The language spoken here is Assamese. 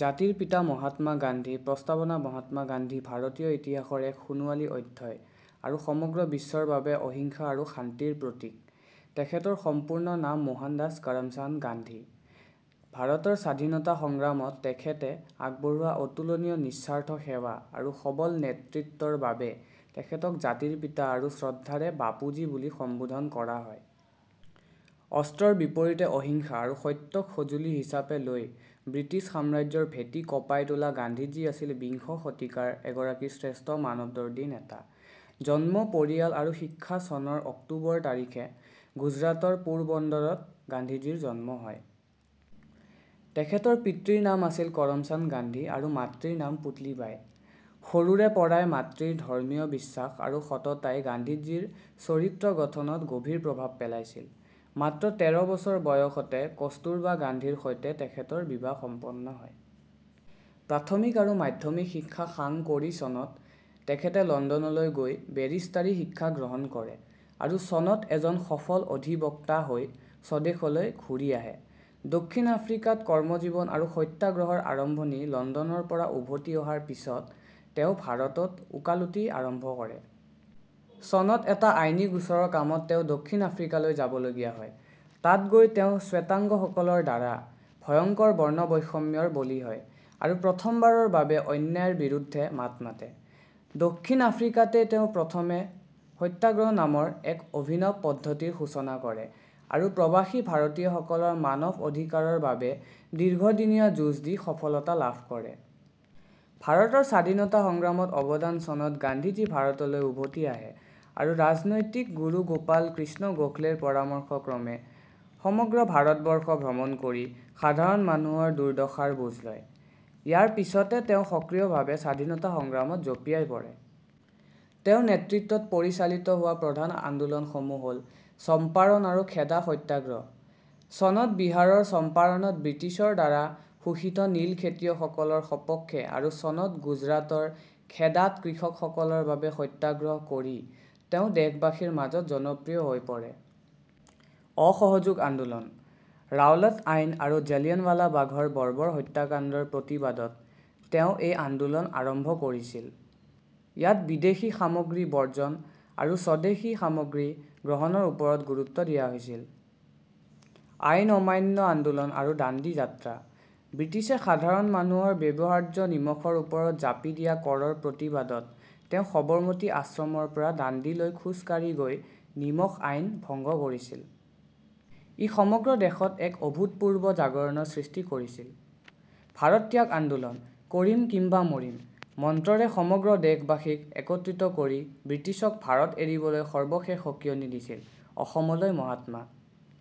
জাতিৰ পিতা মহাত্মা গান্ধী প্ৰস্তাৱনা মহাত্মা গান্ধী ভাৰতীয় ইতিহাসৰ এক সোণোৱালী অধ্যায় আৰু সমগ্ৰ বিশ্বৰ বাবে অহিংসা আৰু শান্তিৰ প্ৰতীক। তেখেতৰ সম্পূৰ্ণ নাম মোহনদাস কৰমচান্দ গান্ধী। ভাৰতৰ স্বাধীনতা সংগ্ৰামত তেখেতে আগবঢ়োৱা অতুলনীয় নিস্বাৰ্থ সেৱা আৰু সবল নেতৃত্বৰ বাবে তেখেতক 'জাতিৰ পিতা' আৰু শ্ৰদ্ধাৰে 'বাপুজী' বুলি সম্বোধন কৰা হয়। অস্ত্ৰৰ বিপৰীতে 'অহিংসা' আৰু 'সত্য'ক সঁজুলি হিচাপে লৈ ব্ৰিটিছ সাম্ৰাজ্যৰ ভেটি কঁপাই তোলা গান্ধীজী আছিল বিংশ শতিকাৰ এগৰাকী শ্ৰেষ্ঠ মানৱদৰ্দী নেতা। জন্ম, পৰিয়াল আৰু শিক্ষা চনৰ অক্টোবৰ তাৰিখে গুজৰাটৰ পোৰবন্দৰত গান্ধীজীৰ জন্ম হয়। তেখেতৰ পিতৃৰ নাম আছিল কৰমচান্দ গান্ধী আৰু মাতৃৰ নাম পুতলীবাই। সৰুৰে পৰাই মাতৃৰ ধৰ্মীয় বিশ্বাস আৰু সততাই গান্ধীজীৰ চৰিত্ৰ গঠনত গভীৰ প্ৰভাৱ পেলাইছিল। মাত্ৰ তেৰ বছৰ বয়সতে কস্তুৰবা গান্ধীৰ সৈতে তেখেতৰ বিবাহ সম্পন্ন হয়। প্ৰাথমিক আৰু মাধ্যমিক শিক্ষা সাং কৰি চনত তেখেতে লণ্ডনলৈ গৈ বেৰিষ্টাৰী শিক্ষা গ্ৰহণ কৰে আৰু চনত এজন সফল অধিবক্তা হৈ স্বদেশলৈ ঘূৰি আহে। দক্ষিণ আফ্ৰিকাত কৰ্মজীৱন আৰু সত্যাগ্ৰহৰ আৰম্ভণি লণ্ডনৰ পৰা উভতি অহাৰ পিছত তেওঁ ভাৰতত ওকালতি আৰম্ভ কৰে। চনত এটা আইনী গোচৰৰ কামত তেওঁ দক্ষিণ আফ্ৰিকালৈ যাবলগীয়া হয়। তাত গৈ তেওঁ শ্বেতাংগসকলৰ দ্বাৰা ভয়ংকৰ বৰ্ণবৈষম্যৰ বলি হয় আৰু প্ৰথমবাৰৰ বাবে অন্যায়ৰ বিৰুদ্ধে মাত মাতে। দক্ষিণ আফ্ৰিকাতেই তেওঁ প্ৰথমে 'সত্যাগ্ৰহ' নামৰ এক অভিনৱ পদ্ধতিৰ সূচনা কৰে আৰু প্ৰবাসী ভাৰতীয়সকলৰ মানৱ অধিকাৰৰ বাবে দীৰ্ঘদিনীয়া যুঁজ দি সফলতা লাভ কৰে। ভাৰতৰ স্বাধীনতা সংগ্ৰামত অৱদান চনত গান্ধীজী ভাৰতলৈ উভতি আহে আৰু ৰাজনৈতিক গুৰু গোপাল কৃষ্ণ গোখলেৰ পৰামৰ্শক্ৰমে সমগ্ৰ ভাৰতবৰ্ষ ভ্ৰমণ কৰি সাধাৰণ মানুহৰ দুৰ্দশাৰ বুজ লয়। ইয়াৰ পিছতে তেওঁ সক্ৰিয়ভাৱে স্বাধীনতা সংগ্ৰামত জঁপিয়াই পৰে। তেওঁৰ নেতৃত্বত পৰিচালিত হোৱা প্ৰধান আন্দোলনসমূহ হ'ল: চম্পাৰণ আৰু খেদা সত্যাগ্ৰহ: চনত বিহাৰৰ চম্পাৰণত ব্ৰিটিছৰ দ্বাৰা শোষিত নীল খেতিয়কসকলৰ সপক্ষে আৰু চনত গুজৰাটৰ খেদাত কৃষকসকলৰ বাবে সত্যাগ্ৰহ কৰি তেওঁ দেশবাসীৰ মাজত জনপ্ৰিয় হৈ পৰে। অসহযোগ আন্দোলন: ৰাওলাট আইন আৰু জালিয়ানৱালাবাগৰ বৰ্বৰ হত্যাকাণ্ডৰ প্ৰতিবাদত তেওঁ এই আন্দোলন আৰম্ভ কৰিছিল। ইয়াত বিদেশী সামগ্ৰী বৰ্জন আৰু স্বদেশী সামগ্ৰী গ্ৰহণৰ ওপৰত গুৰুত্ব দিয়া হৈছিল। আইন অমান্য আন্দোলন আৰু দাণ্ডি যাত্ৰা: ব্ৰিটিছে সাধাৰণ মানুহৰ ব্যৱহাৰ্য নিমখৰ ওপৰত জাপি দিয়া কৰৰ প্ৰতিবাদত তেওঁ সবৰমতী আশ্ৰমৰ পৰা দাণ্ডিলৈ খোজকাঢ়ি গৈ নিমখ আইন ভংগ কৰিছিল। ই সমগ্ৰ দেশত এক অভূতপূৰ্ব জাগৰণৰ সৃষ্টি কৰিছিল। ভাৰত ত্যাগ আন্দোলন: "কৰিম কিম্বা মৰিম" মন্ত্ৰৰে সমগ্ৰ দেশবাসীক একত্ৰিত কৰি ব্ৰিটিছক ভাৰত এৰিবলৈ সৰ্বশেষ সকীয়নি দিছিল। অসমলৈ মহাত্মা